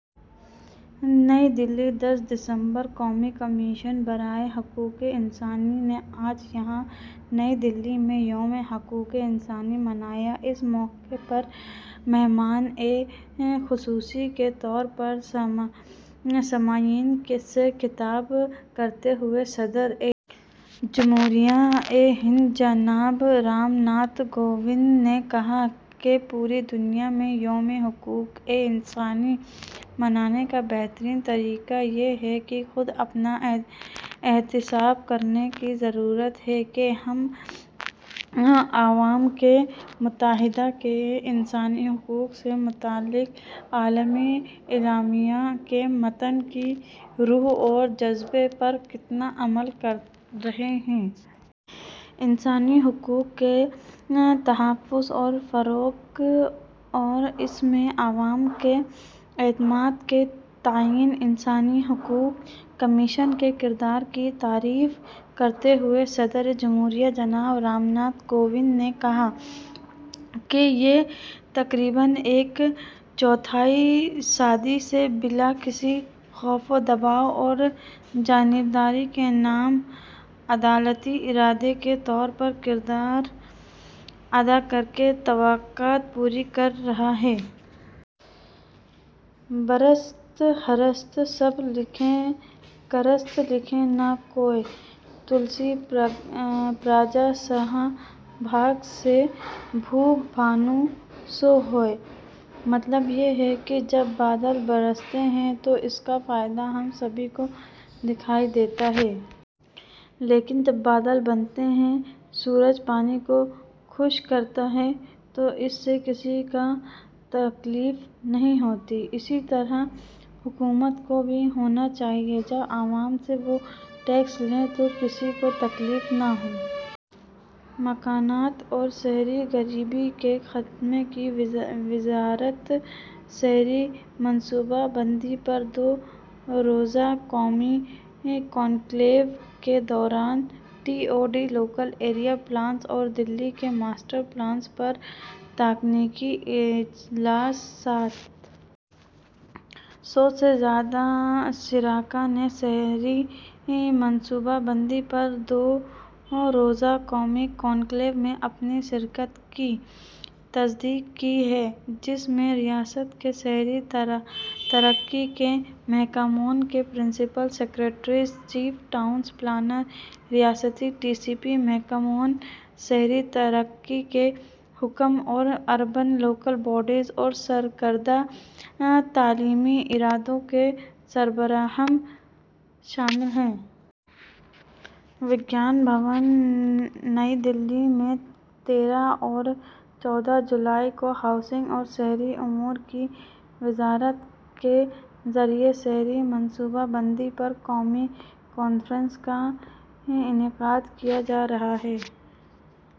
نئی دہلی، دس دسمبر: قومی کمیشن برائے حقوقِ انسانی نے آج یہاں نئی دہلی میں یومِ حقوقِ انسانی منایا۔ اس موقع پر مہمانِ خصوصی کے طور پر سامعین سے خطاب کرتے ہوئے صدرِ جمہوریہ ہند جناب رام ناتھ کووند نے کہا کہ پوری دنیا میں ''یومِ حقوقِ انسانی'' منانے کا بہترین طریقہ یہ ہے کہ خود اپنا احتساب کرنے کی ضرورت ہے کہ ہم اقوامِ متحدہ کے انسانی حقوق سے متعلق عالمی اعلامیہ کے متن کی روح اور جذبے پر کتنا عمل کر رہے ہیں۔ انسانی حقوق کے تحفظ اور فروغ اور اس میں عوام کے اعتماد کے تئیں انسانی حقوق کمیشن کے کردار کی تعریف کرتے ہوئے صدرِ جمہوریہ جناب رام ناتھ کووند نے کہا کہ یہ تقریباً ایک چوتھائی صدی سے بلا کسی خوف و دباؤ اور جانبداری کے نیم عدالتی ادارے کے طور پر کردار ادا کرکے توقعات پوری کر رہا ہے۔ ''برست ہرست سب لکھیں، کرست لکھے نہ کوئے، تلسی پرجا سبھاگ سے، بھوپ بھانو سو ہوئے''۔ مطلب یہ ہے کہ جب بادل برستے ہیں تو اس کا فائدہ ہم سبھی کو دکھائی دیتا ہے۔ لیکن جب بادل بنتے ہیں، سورج پانی کو خشک کرتا ہے، تو اس سے کسی کو تکلیف نہیں ہوتی۔ اسی طرح حکومت کو بھی ہونا چاہیے۔ جب عوام سے وہ ٹیکس لے تو کسی کو تکلیف نہ ہو۔ مکانات اور شہری غریبی کے خاتمے کی وزارت شہری منصوبہ بندی پر دو روزہ قومی کانکلیو کے دوران T O D, local area plans اور دہلی کے ماسٹر پلان پر تکنیکی اجلاس۔ سات سو سے زیادہ شرکاء نے شہری منصوبہ بندی پر دو روزہ قومی کانکلیو میں اپنی شرکت کی تصدیق کی ہے، جس میں ریاست کے شہری ترقی کے محکموں کے principal secretaries, chief town planners, ریاستی ٹی سی پی محکموں، شہری ترقی کے حکام اور اربن لوکل باڈیز اور سرکردہ تعلیمی اداروں کے سربراہان شامل ہیں۔ وگیان بھون، نئی دہلی میں تیرہ اور چودہ جولائی کو ہاؤسنگ اور شہری امور کی وزارت کے ذریعے شہری منصوبہ بندی پر قومی کانفرنس کا انعقاد کیا جا رہا ہے۔